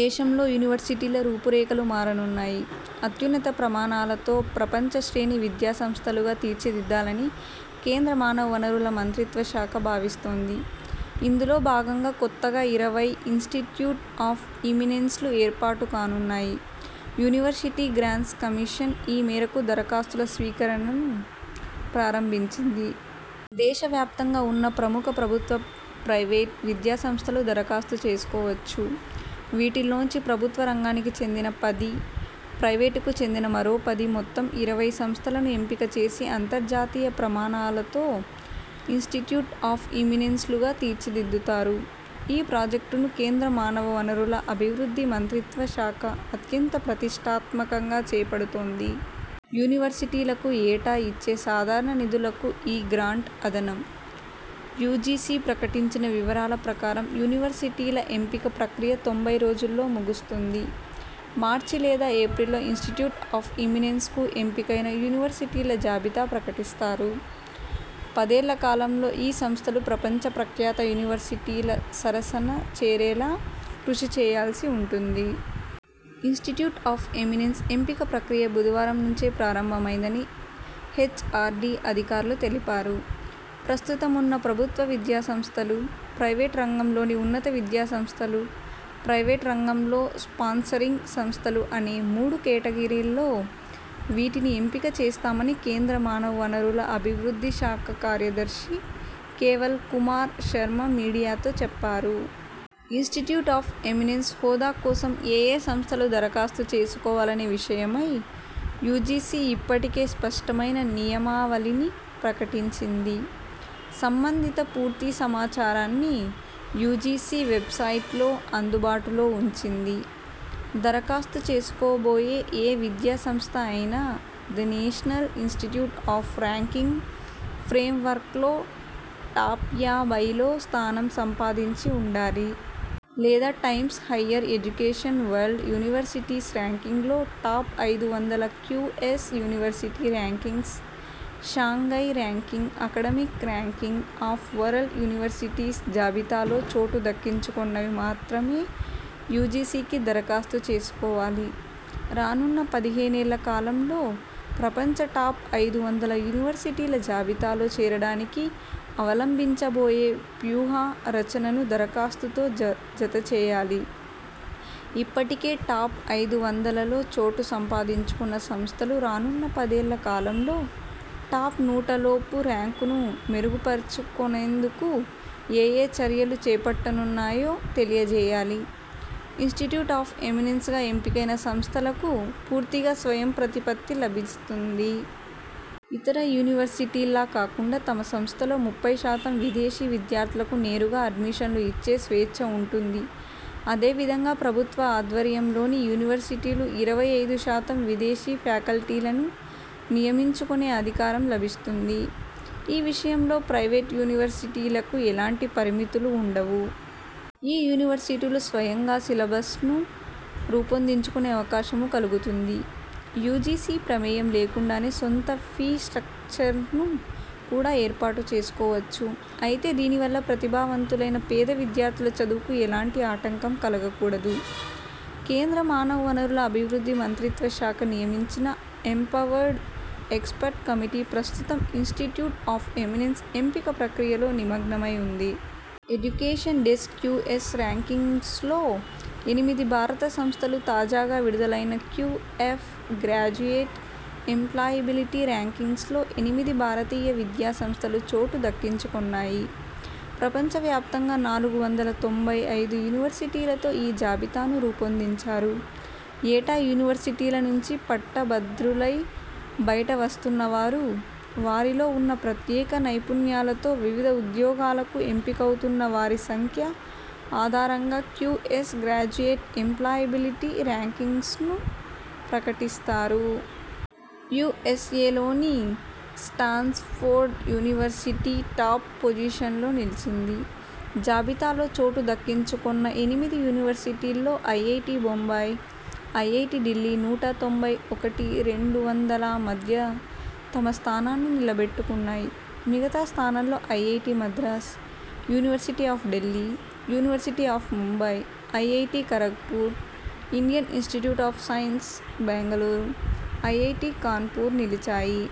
దేశంలో యూనివర్సిటీల రూపురేఖలు మారనున్నాయి. అత్యున్నత ప్రమాణాలతో ప్రపంచ శ్రేణి విద్యాసంస్థలుగా తీర్చి దిద్దాలని కేంద్ర మానవ వనరుల మంత్రిత్వ శాఖ భావిస్తోంది. ఇందులో భాగంగా కొత్తగా ఇరవై 'ఇన్స్టిట్యూట్ ఆఫ్ ఎమినెన్స్'లు ఏర్పాటు కానున్నాయి. యూనివర్శిటీ గ్రాంట్స్ కమిషన్ ఈ మేరకు దరఖాస్తుల స్వీకరణను ప్రారంభించింది. దేశవ్యాప్తంగా ఉన్న ప్రముఖ ప్రభుత్వ, ప్రైవేటు విద్యా సంస్థలు దరఖాస్తు చేసుకోవచ్చు. వీటిల్లోంచి ప్రభుత్వ రంగానికి చెందిన పది, ప్రైవేటుకు చెందిన మరో పది మొత్తం ఇరవై సంస్థలను ఎంపిక చేసి అంతర్జాతీయ ప్రమాణాలతో 'ఇన్స్టిట్యూట్ ఆఫ్ ఎమినెన్స్'లుగా తీర్చిదిద్దుతారు. ఈ ప్రాజెక్టును కేంద్ర మానవ వనరుల అభివృద్ధి మంత్రిత్వ శాఖ అత్యంత ప్రతిష్ఠాత్మకంగా చేపడుతోంది. యూనివర్సిటీలకు ఏటా ఇచ్చే సాధారణ నిధులకు ఈ గ్రాంట్ అదనం. యూజీసీ ప్రకటించిన వివరాల ప్రకారం యూనివర్సిటీల ఎంపిక ప్రక్రియ తొంభై రోజుల్లో ముగుస్తుంది. మార్చి లేదా ఏప్రిల్లో 'ఇన్స్టిట్యూట్ ఆఫ్ ఎమినెన్స్'కు ఎంపికైన యూనివర్సిటీల జాబితా ప్రకటిస్తారు. పదేళ్ల కాలంలో ఈ సంస్థలు ప్రపంచ ప్రఖ్యాత యూనివర్సిటీల సరసన చేరేలా కృషి చేయాల్సి ఉంటుంది. 'ఇన్స్టిట్యూట్స్ ఆఫ్ ఎమినెన్స్' ఎంపిక ప్రక్రియ బుధవారం నుంచే ప్రారంభమైందని హెచ్ఆర్డీ అధికారులు తెలిపారు. ప్రస్తుతమున్న ప్రభుత్వ విద్యా సంస్థలు, ప్రైవేట్ రంగంలోని ఉన్నత విద్యా సంస్థలు, ప్రైవేటు రంగంలో స్పాన్సరింగ్ సంస్థలు అనే మూడు కేటగిరీల్లో వీటిని ఎంపిక చేస్తామని కేంద్ర మానవ వనరుల అభివృద్ధి శాఖ కార్యదర్శి కేవల్ కుమార్ శర్మ మీడియాతో చెప్పారు. 'ఇన్స్టిట్యూట్ ఆఫ్ ఎమినెన్స్' హోదా కోసం ఏయే సంస్థలు దరఖాస్తు చేసుకోవాలనే విషయమై యూజీసీ ఇప్పటికే స్పష్టమైన నియమావళిని ప్రకటించింది. సంబంధిత పూర్తి సమాచారాన్ని యూజీసీ వెబ్సైట్లో అందుబాటులో ఉంచింది. దరఖాస్తు చేసుకోబోయే ఏ విద్యా సంస్థ అయినా the national institute of ranking frame వర్క్లో టాప్యాభైలో స్థానం సంపాదించి ఉండాలి. లేదా times higher education world universities ర్యాంకింగ్లో టాప్ ఐదు వందల, QS university rankings, Shanghai ranking academic ranking of world universities జాబితాలో చోటు దక్కించుకొన్నవి మాత్రమే యూజీసీకి దరఖాస్తు చేసుకోవాలి రానున్న పదిహేనేళ్ల కాలంలో ప్రపంచ టాప్ ఐదు వందల యూనివర్సిటీల జాబితాలో చేరడానికి అవలంబించబోయే వ్యూహ రచనను దరఖాస్తుతో జత చేయాలి ఇప్పటికే టాప్ ఐదు వందలలో చోటు సంపాదించుకొన్న సంస్థలు రానున్న పదేళ్ల కాలంలో టాప్ నూటలోపు ర్యాంకును మెరుగుపరచుకొనేందుకు ఏయే చర్యలు చేపట్టనున్నాయో తెలియజేయాలి 'ఇన్స్టిట్యూట్ ఆఫ్ ఎమినెన్స్'గా ఎంపికైన సంస్థలకు పూర్తిగా స్వయం ప్రతిపత్తి లభిస్తుంది. ఇతర యూనివర్సిటీల్లా కాకుండా తమ సంస్థలో ముప్పై శాతం విదేశీ విద్యార్థులకు నేరుగా అడ్మిషన్లు ఇచ్చే స్వేచ్ఛ ఉంటుంది అదేవిధంగా ప్రభుత్వ ఆధ్వర్యంలోని యూనివర్సిటీలు ఇరవై ఐదు శాతం విదేశీ ఫ్యాకల్టీలను నియమించుకొనే అధికారం లభిస్తుంది. ఈ విషయంలో ప్రైవేటు యూనివర్సిటీలకు ఎలాంటి పరిమితులు ఉండవు. ఈ యూనివర్సిటీలు స్వయంగా సిలబ్సను రూపొందించుకొనే అవకాశమూ కలుగుతుంది. యూజీసీ ప్రమేయం లేకుండానే సొంత ఫీ స్ట్రక్చర్ను కూడా ఏర్పాటు చేసుకోవచ్చు. అయితే దీనివల్ల ప్రతిభావంతులైన పేద విద్యార్థుల చదువుకు ఎలాంటి ఆటంకం కలగకూడదు. కేంద్ర మానవ వనరుల అభివృద్ధి మంత్రిత్వ శాఖ నియమించిన ఎంపవర్డ్ ఎక్స్పర్ట్ కమిటీ ప్రస్తుతం 'ఇన్స్టిట్యూట్ ఆఫ్ ఎమినెన్స్' ఎంపిక ప్రక్రియలో నిమగ్నమై ఉంది. ఎడ్యుకేషన్ డెస్క్ క్యూఎస్ ర్యాంక్సింగ్స్లో ఎనిమిది భారత సంస్థలు తాజాగా విడుదలైన క్యూఎప్ గ్రాడ్యుయేట్ ఎంప్లాయిబిలిటీ ర్యాంకింగ్స్లో ఎనిమిది భారతీయ విద్యా సంస్థలు చోటు దక్కించుకొన్నాయి. ప్రపంచ వ్యాప్తంగా నాలుగు వందల తొంభై ఐదు యూనివర్సిటీలతో ఈ జాబితాను రూపొందించారు. ఏటా యూనివర్సిటీల నుంచి పట్ట భద్రులై బయట వస్తున్న వారు, వారిలో ఉన్న ప్రత్యేక నైపుణ్యాలతో వివిధ ఉద్యోగాలకు ఎంపికవుతున్న వారి సంఖ్య ఆధారంగా క్యూఎస్ గ్రాడ్యుయేట్ ఎంప్లాయిబిలిటీ ర్యాంక్సింగ్స్ను ప్రకటిస్తారు. యూఎ్సఏలోని స్టాన్ఫోర్డ్ యూనివర్సిటీ టాప్ పొజిషన్లో నిలిచింది. జాబితాలో చోటు దక్కించుకొన్న ఎనిమిది యూనివర్సిటీల్లో ఐఐటీ బొంబాయి, ఐఐటీ ఢిల్లీ నూట తొంభై ఒకటి రెండు వందల మధ్య తమ స్థానాన్ని నిలబెట్టుకున్నాయి. మిగతా స్థానాల్లో IIT Madras, university of Delhi, university of Mumbai, IIT Kharagpur, Indian institute of science Bengaluru, IIT Kanpur నిలిచాయి.